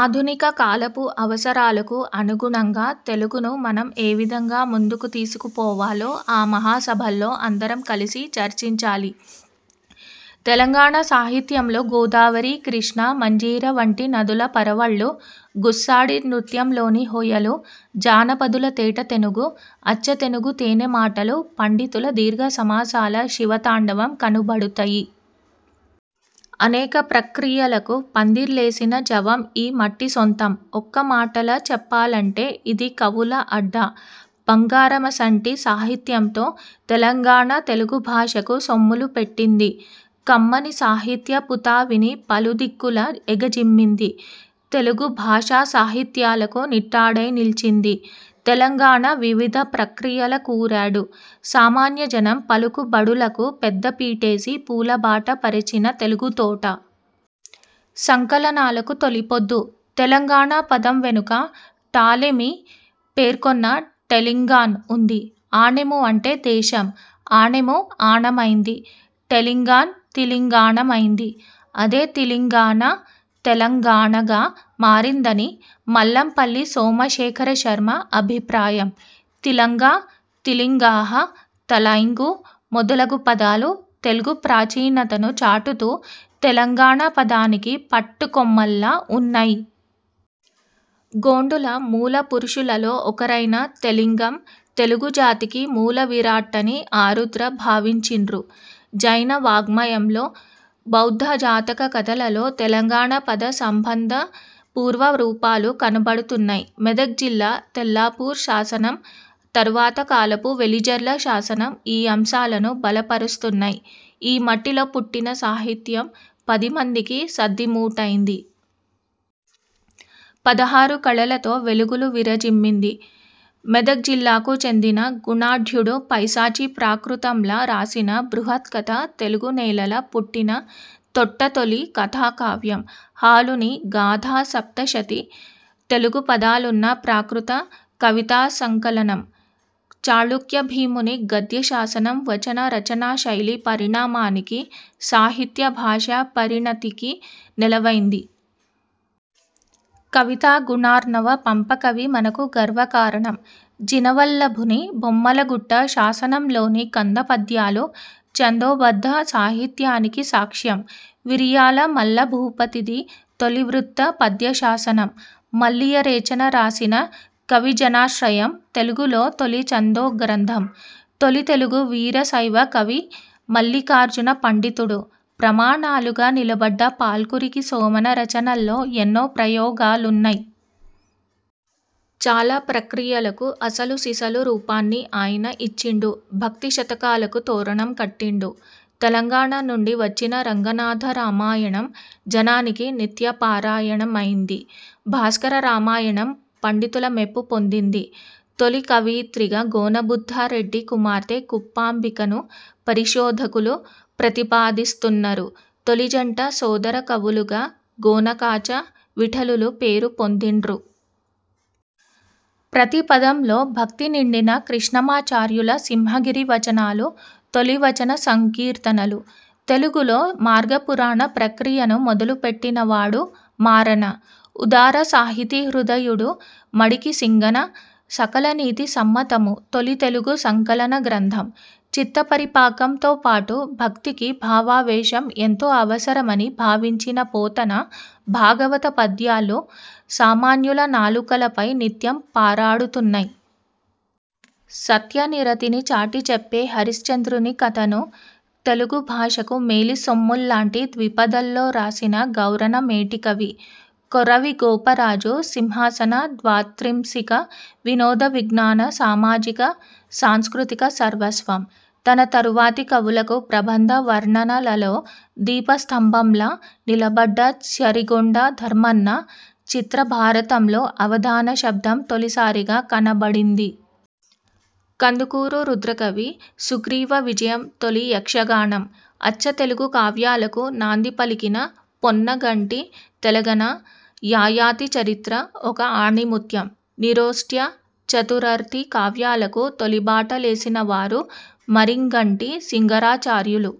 ఆధునిక కాలపు అవసరాలకు అనుగుణంగా తెలుగును మనం ఏవిధంగా ముందుకు తీసుకుపోవాలో ఆ మహాసభల్లో అందరం కలిసి చర్చించాలి. తెలంగాణ సాహిత్యంలో గోదావరి, కృష్ణ, మంజీర వంటి నదుల పరవళ్లు, గుస్సాడి నృత్యంలోని హొయలు, జానపదుల తేట తెనుగు, అచ్చతెనుగు తేనెమాటలు, పండితుల దీర్ఘ సమాసాల శివతాండవం కనబడుతయి. అనేక ప్రక్రియలకు పందిర్లేసిన జవం ఈ మట్టి సొంతం. ఒక్కమాటల చెప్పాలంటె ఇది కవుల అడ్డా. బంగారమసంటి సాహిత్యంతో తెలంగాణ తెలుగుభాషకు సొమ్ములుపెట్టింది. కమ్మని సాహిత్య పుతావిని పలుదిక్కుల ఎగజిమ్మింది. తెలుగు భాషాసాహిత్యాలకు నిట్టాడైనిల్చింది. తెలంగాణ వివిధ ప్రక్రియల కూరాడు. సామాన్యజనం పలుకుబడులకు పెద్దపీటేసి పూలబాట పరిచిన తెలుగుతోట. సంకలనాలకు తొలిపొద్దు. 'తెలంగాణ' పదం వెనుక టాలెమీ పేర్కొన్న 'టెలింగాన్' ఉంది. ఆణెము అంటే దేశం. ఆణెము ఆణమైంది. టెలింగాన్ తిలింగాణమైంది. అదే తిలింగానా, తెలంగాణగా మారిందని మల్లంపల్లి సోమశేఖరశర్మ అభిప్రాయం. తిలంగ, తిలింగాః, తలైంగు మొద లగు పదాలు తెలుగు ప్రాచీనతను చాటుతూ 'తెలంగాణ' పదానికి పట్టుకొమ్మల్లా ఉన్నయి. గోండుల మూల పురుషులలో ఒకరైన 'తెలింగం' తెలుగు జాతికి మూలవిరాట్టని ఆరుద్ర భావించిన్రు. జైన వాజ్ఞయంలో, బౌద్ధ జాతక కథలలో తెలంగాణ పద సంబంధ పూర్వ రూపాలు కనబడుతున్నయి. మెదక్ జిల్లా తెల్లాపూర్ శాసనం, తర్వాత కాలపు వెలిజర్ల శాసనం ఈ అంశాలను బలపరుస్తున్నయి. ఈ మట్టిలో పుట్టిన సాహిత్యం పదిమందికి సద్దిమూటైంది. పదహారు కళలతో వెలుగులు విరజిమ్మింది. మెదక్ జిల్లాకు చెందిన గుణాఢ్యుడు పైశాచీ ప్రాకృతంల రాసిన బృహ త్కథ తెలుగు నేలల పుట్టిన తొట్టతొలి కథాకావ్యం. హాలుని గాథాసప్తశతి తెలుగు పదాలున్న ప్రాకృత కవితాసంకలనం. చాళుక్య భీముని గద్యశాసనం వచన రచనాశైలి పరిణామానికి, సాహిత్య భాషా పరిణతికి నెలవైంది. కవితా గుణార్ణవ పంపకవి మనకు గర్వకారణం. జినవల్లభుని బొమ్మల గుట్ట శాసనంలోని కందపద్యాలు ఛందోబద్ధ సాహిత్యానికి సాక్ష్యం. విరియాల మల్లభూపతిది తొలి వృత్త పద్యశాసనం. మల్లియరేచన రాసిన 'కవిజనాశ్రయం' తెలుగులో తొలి ఛందో గ్రంథం. తొలి తెలుగు వీరశైవ కవి మల్లిఖార్జున పండితుడు. ప్రమాణాలుగా నిలబడ్డ పాల్కురికి సోమన రచనల్లో ఎన్నో ప్రయోగాలున్నయి. చాలా ప్రక్రియలకు అసలు సిసలు రూపాన్ని ఆయన ఇచ్చిండు. భక్తి శతకాలకు తోరణం కట్టిండు. తెలంగాణ నుండి వచ్చిన రంగనాథ రామాయణం జనానికి నిత్య పారాయణమైంది. భాస్కర రామాయణం పండితుల మెప్పు పొందింది. తొలి కవయిత్రిగా గోనబుద్ధారెడ్డి కుమార్తె కుప్పాంబికను పరిశోధకులు ప్రతిపాదిస్తున్నరు. తొలి జంట, సోదర కవులుగ గోనకాచ, విఠలులు పేరు పొందిండ్రు. ప్రతి పదంలో భక్తి నిండిన కృష్ణమాచార్యుల సింహగిరి వచనాలు తొలి వచన సంకీర్తనలు. తెలుగులో మార్గపురాణ ప్రక్రియను మొదలుపెట్టినవాడు మారన. ఉదార సాహితీ హృదయుడు మడికిసింగన 'సకలనీతి సమ్మతము' తొలి తెలుగు సంకలన గ్రంథం. చిత్తపరిపాకంతో పాటు భక్తికి భావావేశం ఎంతో అవసరమని భావించిన పోతన భాగవత పద్యాలు సామాన్యుల నాలుకలపై నిత్యం పారాడుతున్నయి. సత్యనిరతిని చాటిచెప్పే హరిశ్చంద్రుని కథను తెలుగు భాషకు మేలిసొమ్ముల్లాంటి ద్విపదల్లో రాసిన గౌరన మేటికవి. కొరవి గోపరాజు 'సింహాసన ద్వాత్రింశిక' వినోద విజ్ఞాన సామాజిక సాంస్కృతిక సర్వస్వం. తన తరువాతి కవులకు ప్రబంధ వర్ణనలలో దీపస్తంభంలా నిలబడ్డ చరిగొండ ధర్మన్న 'చిత్ర భారతం'లో అవధాన శబ్దం తొలిసారిగా కనబడింది. కందుకూరు రుద్రకవి 'సుగ్రీవ విజయం' తొలి యక్షగానం. అచ్చతెలుగు కావ్యాలకు నాందిపలికిన పొన్నగంటి తెలగన 'యయాతి చరిత్ర' ఒక ఆణిముత్యం. నిరోష్ట్య, చతురర్థి కావ్యాలకు తొలిబాటలేసినవారు మరింగంటి సింగరాచార్యులు.